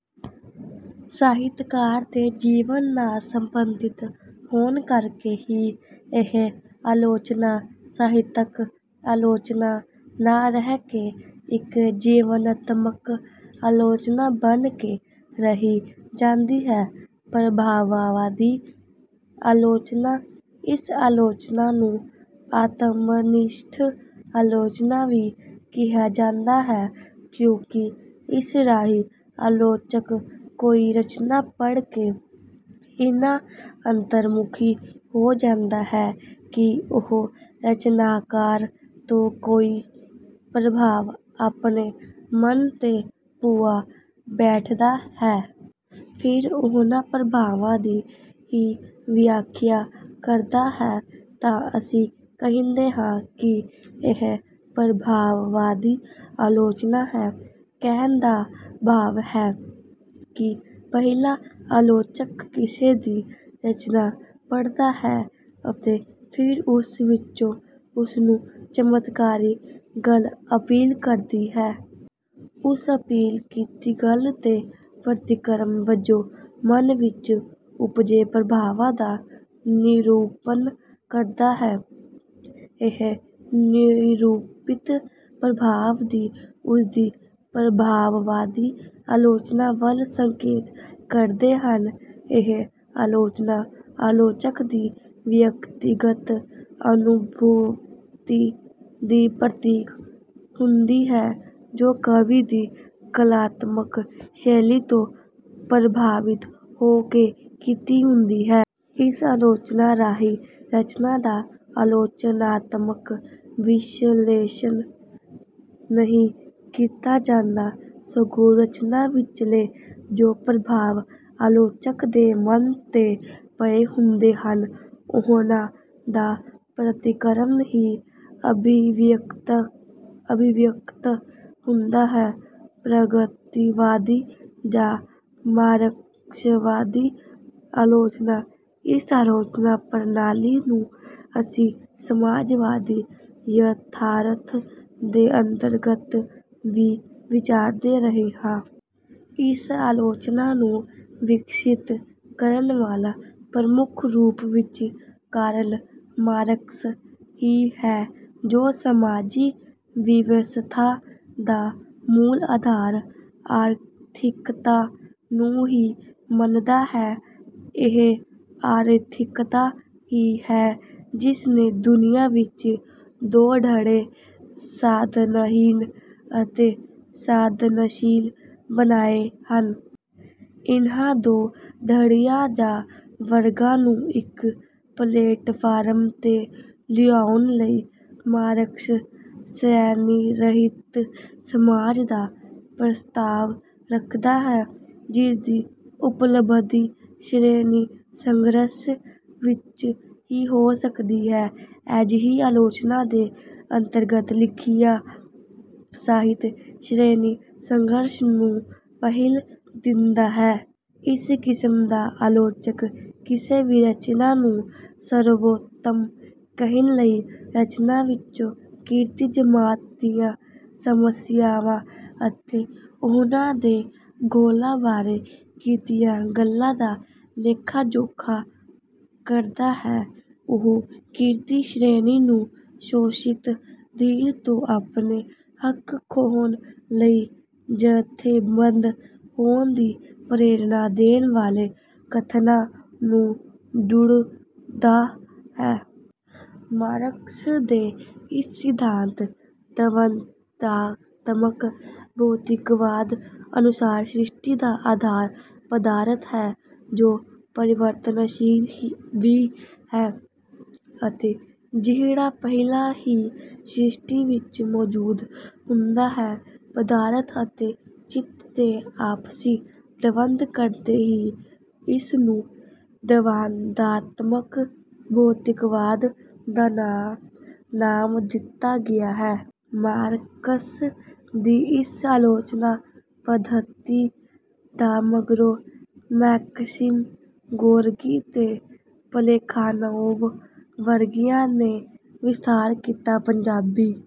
ਸਾਹਿਤਕਾਰ ਦੇ ਜੀਵਨ ਨਾਲ ਸੰਬੰਧਿਤ ਹੋਣ ਕਰਕੇ ਹੀ ਇਹ ਆਲੋਚਨਾ, ਸਾਹਿਤਕ ਆਲੋਚਨਾ ਨਾ ਰਹਿ ਕੇ ਇੱਕ ਜੀਵਨਤਮਕ ਆਲੋਚਨਾ ਬਣ ਕੇ ਰਹਿ ਜਾਂਦੀ ਹੈ। ਪ੍ਰਭਾਵਵਾਦੀ ਆਲੋਚਨਾ: ਇਸ ਆਲੋਚਨਾ ਨੂੰ ਆਤਮਨਿਸ਼ਠ ਆਲੋਚਨਾ ਵੀ ਕਿਹਾ ਜਾਂਦਾ ਹੈ, ਕਿਉਂਕਿ ਇਸ ਰਾਹੀਂ ਆਲੋਚਕ ਕੋਈ ਰਚਨਾ ਪੜ੍ਹ ਕੇ ਇੰਨਾ ਅੰਤਰਮੁਖੀ ਹੋ ਜਾਂਦਾ ਹੈ ਕਿ ਉਹ ਰਚਨਾਕਾਰ ਤੋਂ ਕੋਈ ਪ੍ਰਭਾਵ ਆਪਣੇ ਮਨ 'ਤੇ ਪੁਆ ਬੈਠਦਾ ਹੈ। ਫਿਰ ਉਹਨਾਂ ਪ੍ਰਭਾਵਾਂ ਦੀ ਹੀ ਵਿਆਖਿਆ ਕਰਦਾ ਹੈ, ਤਾਂ ਅਸੀਂ ਕਹਿੰਦੇ ਹਾਂ ਕਿ ਇਹ ਪ੍ਰਭਾਵਵਾਦੀ ਆਲੋਚਨਾ ਹੈ। ਕਹਿਣ ਦਾ ਭਾਵ ਹੈ ਕਿ ਪਹਿਲਾਂ ਆਲੋਚਕ ਕਿਸੇ ਦੀ ਰਚਨਾ ਪੜ੍ਹਦਾ ਹੈ ਅਤੇ ਫਿਰ ਉਸ ਵਿੱਚੋਂ ਉਸਨੂੰ ਚਮਤਕਾਰੀ ਗੱਲ ਅਪੀਲ ਕਰਦੀ ਹੈ। ਉਸ ਅਪੀਲ ਕੀਤੀ ਗੱਲ 'ਤੇ ਪ੍ਰਤੀਕਰਮ ਵਜੋਂ ਮਨ ਵਿੱਚ ਉਪਜੇ ਪ੍ਰਭਾਵਾਂ ਦਾ ਨਿਰੂਪਣ ਕਰਦਾ ਹੈ। ਇਹ ਨਿਰੂਪਿਤ ਪ੍ਰਭਾਵ ਹੀ ਉਸਦੀ ਪ੍ਰਭਾਵਵਾਦੀ ਆਲੋਚਨਾ ਵੱਲ ਸੰਕੇਤ ਕਰਦੇ ਹਨ। ਇਹ ਆਲੋਚਨਾ ਆਲੋਚਕ ਦੀ ਵਿਅਕਤੀਗਤ ਅਨੁਭੂਤੀ ਦੀ ਪ੍ਰਤੀਕ ਹੁੰਦੀ ਹੈ, ਜੋ ਕਵੀ ਦੀ ਕਲਾਤਮਕ ਸ਼ੈਲੀ ਤੋਂ ਪ੍ਰਭਾਵਿਤ ਹੋ ਕੇ ਕੀਤੀ ਹੁੰਦੀ ਹੈ। ਇਸ ਆਲੋਚਨਾ ਰਾਹੀਂ ਰਚਨਾ ਦਾ ਆਲੋਚਨਾਤਮਕ ਵਿਸ਼ਲੇਸ਼ਣ ਨਹੀਂ ਕੀਤਾ ਜਾਂਦਾ, ਸਗੋਂ ਰਚਨਾ ਵਿਚਲੇ ਜੋ ਪ੍ਰਭਾਵ ਆਲੋਚਕ ਦੇ ਮਨ 'ਤੇ ਪਏ ਹੁੰਦੇ ਹਨ, ਉਹਨਾਂ ਦਾ ਪ੍ਰਤੀਕਰਮ ਹੀ ਅਭਿਵਿਅਕਤ ਹੁੰਦਾ ਹੈ। ਪ੍ਰਗਤੀਵਾਦੀ ਜਾਂ ਮਾਰਕਸਵਾਦੀ ਆਲੋਚਨਾ: ਇਸ ਆਲੋਚਨਾ ਪ੍ਰਣਾਲੀ ਨੂੰ ਅਸੀਂ ਸਮਾਜਵਾਦੀ ਯਥਾਰਥ ਦੇ ਅੰਤਰਗਤ ਵੀ ਵਿਚਾਰਦੇ ਰਹੇ ਹਾਂ। ਇਸ ਆਲੋਚਨਾ ਨੂੰ ਵਿਕਸਿਤ ਕਰਨ ਵਾਲਾ ਪ੍ਰਮੁੱਖ ਰੂਪ ਵਿੱਚ ਕਾਰਲ ਮਾਰਕਸ ਹੀ ਹੈ, ਜੋ ਸਮਾਜੀ ਵਿਵਸਥਾ ਦਾ ਮੂਲ ਆਧਾਰ ਆਰਥਿਕਤਾ ਨੂੰ ਹੀ ਮੰਨਦਾ ਹੈ। ਇਹ ਆਰਥਿਕਤਾ ਹੀ ਹੈ ਜਿਸ ਨੇ ਦੁਨੀਆ ਵਿੱਚ ਦੋ ਧੜੇ ਸਾਧਨਹੀਣ ਅਤੇ ਸਾਧਨਸ਼ੀਲ ਬਣਾਏ ਹਨ। ਇਨ੍ਹਾਂ ਦੋ ਧੜਿਆਂ ਜਾਂ ਵਰਗਾਂ ਨੂੰ ਇੱਕ ਪਲੇਟਫਾਰਮ 'ਤੇ ਲਿਆਉਣ ਲਈ ਮਾਰਕਸ "ਸ਼੍ਰੇਣੀਰਹਿਤ ਸਮਾਜ" ਦਾ ਪ੍ਰਸਤਾਵ ਰੱਖਦਾ ਹੈ, ਜਿਸਦੀ ਉਪਲਬਧੀ ਸ਼੍ਰੇਣੀ-ਸੰਘਰਸ਼ ਵਿੱਚ ਹੀ ਹੋ ਸਕਦੀ ਹੈ। ਅਜਿਹੀ ਆਲੋਚਨਾ ਦੇ ਅੰਤਰਗਤ ਲਿਖਿਆ ਸਾਹਿਤ ਸ਼੍ਰੇਣੀ-ਸੰਘਰਸ਼ ਨੂੰ ਪਹਿਲ ਦਿੰਦਾ ਹੈ। ਇਸ ਕਿਸਮ ਦਾ ਆਲੋਚਕ ਕਿਸੇ ਵੀ ਰਚਨਾ ਨੂੰ ਸਰਵੋਤਮ ਕਹਿਣ ਲਈ ਰਚਨਾ ਵਿੱਚੋਂ ਕਿਰਤੀ ਜਮਾਤ ਦੀਆਂ ਸਮੱਸਿਆਵਾਂ ਅਤੇ ਉਹਨਾਂ ਦੇ ਘੋਲਾਂ ਬਾਰੇ ਕੀਤੀਆਂ ਗੱਲਾਂ ਦਾ ਲੇਖਾ-ਜੋਖਾ ਕਰਦਾ ਹੈ। ਉਹ ਕਿਰਤੀ ਸ਼੍ਰੇਣੀ ਨੂੰ ਸ਼ੋਸ਼ਿਤ ਧਿਰ ਤੋਂ ਆਪਣੇ ਹੱਕ ਖੋਹਣ ਲਈ ਜਥੇਬੰਦ ਹੋਣ ਦੀ ਪ੍ਰੇਰਣਾ ਦੇਣ ਵਾਲੇ ਕਥਨਾਂ ਨੂੰ ਢੂੰਡਦਾ ਹੈ। ਮਾਰਕਸ ਦੇ ਇਸ ਸਿਧਾਂਤ "ਦਵੰਦਾਤਮਕ ਭੌਤਿਕਵਾਦ" ਅਨੁਸਾਰ ਸ੍ਰਿਸ਼ਟੀ ਦਾ ਆਧਾਰ ਪਦਾਰਥ ਹੈ, ਜੋ ਪਰਿਵਰਤਨਸ਼ੀਲ ਵੀ ਹੈ ਅਤੇ ਜਿਹੜਾ ਪਹਿਲਾਂ ਹੀ ਸ੍ਰਿਸ਼ਟੀ ਵਿੱਚ ਮੌਜੂਦ ਹੁੰਦਾ ਹੈ। ਪਦਾਰਥ ਅਤੇ ਚਿੱਤ ਦੇ ਆਪਸੀ ਦਵੰਦ ਕਰਕੇ ਹੀ ਇਸ ਨੂੰ ਦਵੰਦਾਤਮਕ ਭੌਤਿਕਵਾਦ ਦਾ ਨਾਮ ਦਿੱਤਾ ਗਿਆ ਹੈ। ਮਾਰਕਸ ਦੀ ਇਸ ਆਲੋਚਨਾ ਪੱਧਤੀ ਦਾ ਮਗਰੋਂ ਮੈਕਸਿਮ ਗੋਰਕੀ ਤੇ ਪਲੈਖਾਨੋਵ ਵਰਗਿਆਂ ਨੇ ਵਿਸਥਾਰ ਕੀਤਾ। ਪੰਜਾਬੀ